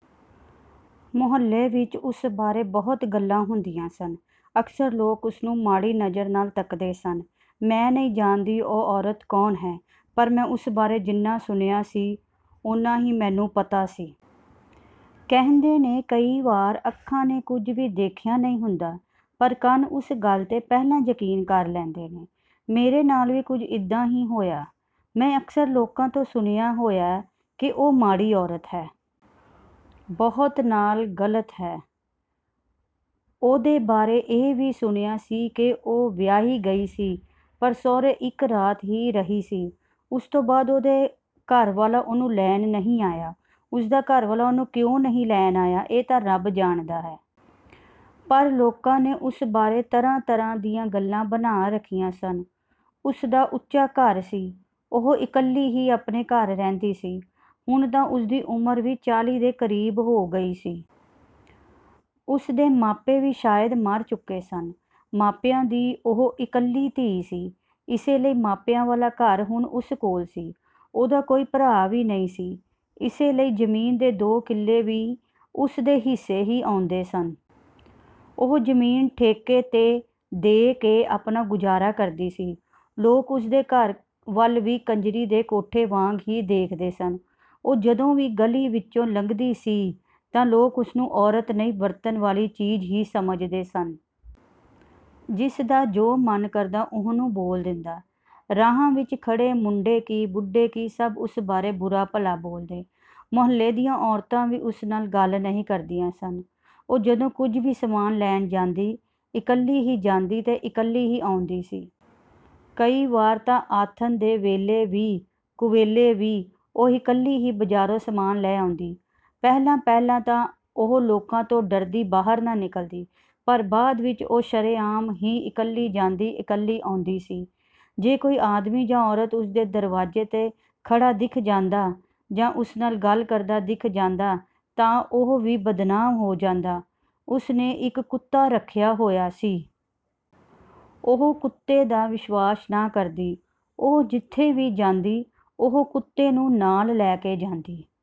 ਮੁਹੱਲੇ ਵਿੱਚ ਉਸ ਬਾਰੇ ਬਹੁਤ ਗੱਲਾਂ ਹੁੰਦੀਆਂ ਸਨ। ਅਕਸਰ ਲੋਕ ਉਸ ਨੂੰ ਮਾੜੀ ਨਜ਼ਰ ਨਾਲ਼ ਤੱਕਦੇ ਸਨ। ਮੈਂ ਨਹੀਂ ਜਾਣਦੀ ਉਹ ਔਰਤ ਕੌਣ ਹੈ ਪਰ ਮੈਂ ਉਸ ਬਾਰੇ ਜਿੰਨਾ ਸੁਣਿਆ ਸੀ ਓਨਾ ਹੀ ਮੈਨੂੰ ਪਤਾ ਸੀ। ਕਹਿੰਦੇ ਨੇ ਕਈ ਵਾਰ ਅੱਖਾਂ ਨੇ ਕੁਝ ਵੀ ਦੇਖਿਆ ਨਹੀਂ ਹੁੰਦਾ ਪਰ ਕੰਨ ਉਸ ਗੱਲ 'ਤੇ ਪਹਿਲਾਂ ਯਕੀਨ ਕਰ ਲੈਂਦੇ ਨੇ। ਮੇਰੇ ਨਾਲ਼ ਵੀ ਕੁਝ ਇਦਾਂ ਹੀ ਹੋਇਆ। ਮੈਂ ਅਕਸਰ ਲੋਕਾਂ ਤੋਂ ਸੁਣਿਆ ਹੋਇਆ ਕਿ ਉਹ ਮਾੜੀ ਔਰਤ ਹੈ। ਬਹੁਤ ਨਾਲ਼ ਗ਼ਲਤ ਹੈ… ਉਹਦੇ ਬਾਰੇ ਇਹ ਵੀ ਸੁਣਿਆ ਸੀ ਕਿ ਉਹ ਵਿਆਹੀ ਗਈ ਸੀ ਪਰ ਸਹੁਰੇ ਇੱਕ ਰਾਤ ਹੀ ਰਹੀ ਸੀ। ਉਸ ਤੋਂ ਬਾਅਦ ਉਹਦੇ ਘਰ ਵਾਲਾ ਉਹਨੂੰ ਲੈਣ ਨਹੀਂ ਆਇਆ… ਉਸ ਦਾ ਘਰ ਵਾਲਾ ਉਹਨੂੰ ਕਿਉਂ ਨਹੀਂ ਲੈਣ ਆਇਆ ਇਹ ਤਾਂ ਰੱਬ ਜਾਣਦਾ ਹੈ। ਪਰ ਲੋਕਾਂ ਨੇ ਉਸ ਬਾਰੇ ਤਰ੍ਹਾਂ-ਤਰ੍ਹਾਂ ਦੀਆਂ ਗੱਲਾਂ ਬਣਾ ਰੱਖੀਆਂ ਸਨ। ਉਸ ਦਾ ਉੱਚਾ ਘਰ ਸੀ। ਉਹ ਇਕੱਲੀ ਹੀ ਆਪਣੇ ਘਰ ਰਹਿੰਦੀ ਸੀ। ਹੁਣ ਤਾਂ ਉਸ ਦੀ ਉਮਰ ਵੀ ਚਾਲੀ ਦੇ ਕਰੀਬ ਹੋ ਗਈ ਸੀ। ਉਸ ਦੇ ਮਾਪੇ ਵੀ ਸ਼ਾਇਦ ਮਰ ਚੁੱਕੇ ਸਨ। ਮਾਪਿਆਂ ਦੀ ਉਹ ਇੱਕਲੌਤੀ ਧੀ ਸੀ। ਇਸੇ ਲਈ ਮਾਪਿਆਂ ਵਾਲਾ ਘਰ ਹੁਣ ਉਸ ਕੋਲ ਸੀ। ਉਹਦਾ ਕੋਈ ਭਰਾ ਵੀ ਨਹੀਂ ਸੀ। ਇਸੇ ਲਈ ਜ਼ਮੀਨ ਦੇ ਦੋ ਕਿੱਲੇ ਵੀ ਉਸ ਦੇ ਹਿੱਸੇ ਹੀ ਆਉਂਦੇ ਸਨ। ਉਹ ਜ਼ਮੀਨ ਠੇਕੇ 'ਤੇ ਦੇ ਕੇ ਆਪਣਾ ਗੁਜ਼ਾਰਾ ਕਰਦੀ ਸੀ। ਲੋਕ ਉਸ ਦੇ ਘਰ ਵੱਲ ਵੀ ਕੰਜਰੀ ਦੇ ਕੋਠੇ ਵਾਂਗ ਹੀ ਦੇਖਦੇ ਸਨ। ਉਹ ਜਦੋਂ ਵੀ ਗਲ਼ੀ ਵਿੱਚੋਂ ਲੰਘਦੀ ਸੀ ਤਾਂ ਲੋਕ ਉਸ ਨੂੰ ਔਰਤ ਨਹੀਂ ਵਰਤਣ ਵਾਲੀ ਚੀਜ਼ ਹੀ ਸਮਝਦੇ ਸਨ। ਜਿਸ ਦਾ ਜੋ ਮਨ ਕਰਦਾ ਉਹਨੂੰ ਬੋਲ ਦਿੰਦਾ। ਰਾਹਾਂ ਵਿੱਚ ਖੜੇ ਮੁੰਡੇ ਕੀ ਬੁੱਢੇ ਕੀ ਸਭ ਉਸ ਬਾਰੇ ਬੁਰਾ-ਭਲਾ ਬੋਲਦੇ। ਮੁਹੱਲੇ ਦੀਆਂ ਔਰਤਾਂ ਵੀ ਉਸ ਨਾਲ਼ ਗੱਲ ਨਹੀਂ ਕਰਦੀਆਂ ਸਨ। ਉਹ ਜਦੋਂ ਕੁਝ ਵੀ ਸਮਾਨ ਲੈਣ ਜਾਂਦੀ, ਇੱਕਲੀ ਹੀ ਜਾਂਦੀ ਤੇ ਇੱਕਲੀ ਹੀ ਆਉਂਦੀ ਸੀ। ਕਈ ਵਾਰ ਤਾਂ ਆਥਣ ਦੇ ਵੇਲੇ ਵੀ ਕੁਵੇਲੇ ਵੀ ਉਹ ਇੱਕਲੀ ਹੀ ਬਾਜ਼ਾਰੋਂ ਸਮਾਨ ਲੈ ਆਉਂਦੀ। ਪਹਿਲਾਂ-ਪਹਿਲਾਂ ਤਾਂ ਉਹ ਲੋਕਾਂ ਤੋਂ ਡਰਦੀ ਬਾਹਰ ਨਾ ਨਿਕਲਦੀ। ਪਰ ਬਾਅਦ ਵਿੱਚ ਉਹ ਸ਼ਰੇਆਮ ਹੀ ਇੱਕਲੀ ਜਾਂਦੀ ਇੱਕਲੀ ਆਉਂਦੀ ਸੀ… ਜੇ ਕੋਈ ਆਦਮੀ ਜਾਂ ਔਰਤ ਉਸ ਦੇ ਦਰਵਾਜ਼ੇ 'ਤੇ ਖੜਾ ਦਿਖ ਜਾਂਦਾ ਜਾਂ ਉਸ ਨਾਲ਼ ਗੱਲ ਕਰਦਾ ਦਿੱਖ ਜਾਂਦਾ ਤਾਂ ਉਹ ਵੀ ਬਦਨਾਮ ਹੋ ਜਾਂਦਾ… ਉਸ ਨੇ ਇੱਕ ਕੁੱਤਾ ਰੱਖਿਆ ਹੋਇਆ ਸੀ। ਉਹ ਕੁੱਤੇ ਦਾ ਵਿਸ਼ਵਾਸ ਨਾ ਕਰਦੀ। ਉਹ ਜਿੱਥੇ ਵੀ ਜਾਂਦੀ ਉਹ ਕੁੱਤੇ ਨੂੰ ਨਾਲ਼ ਲੈ ਕੇ ਜਾਂਦੀ।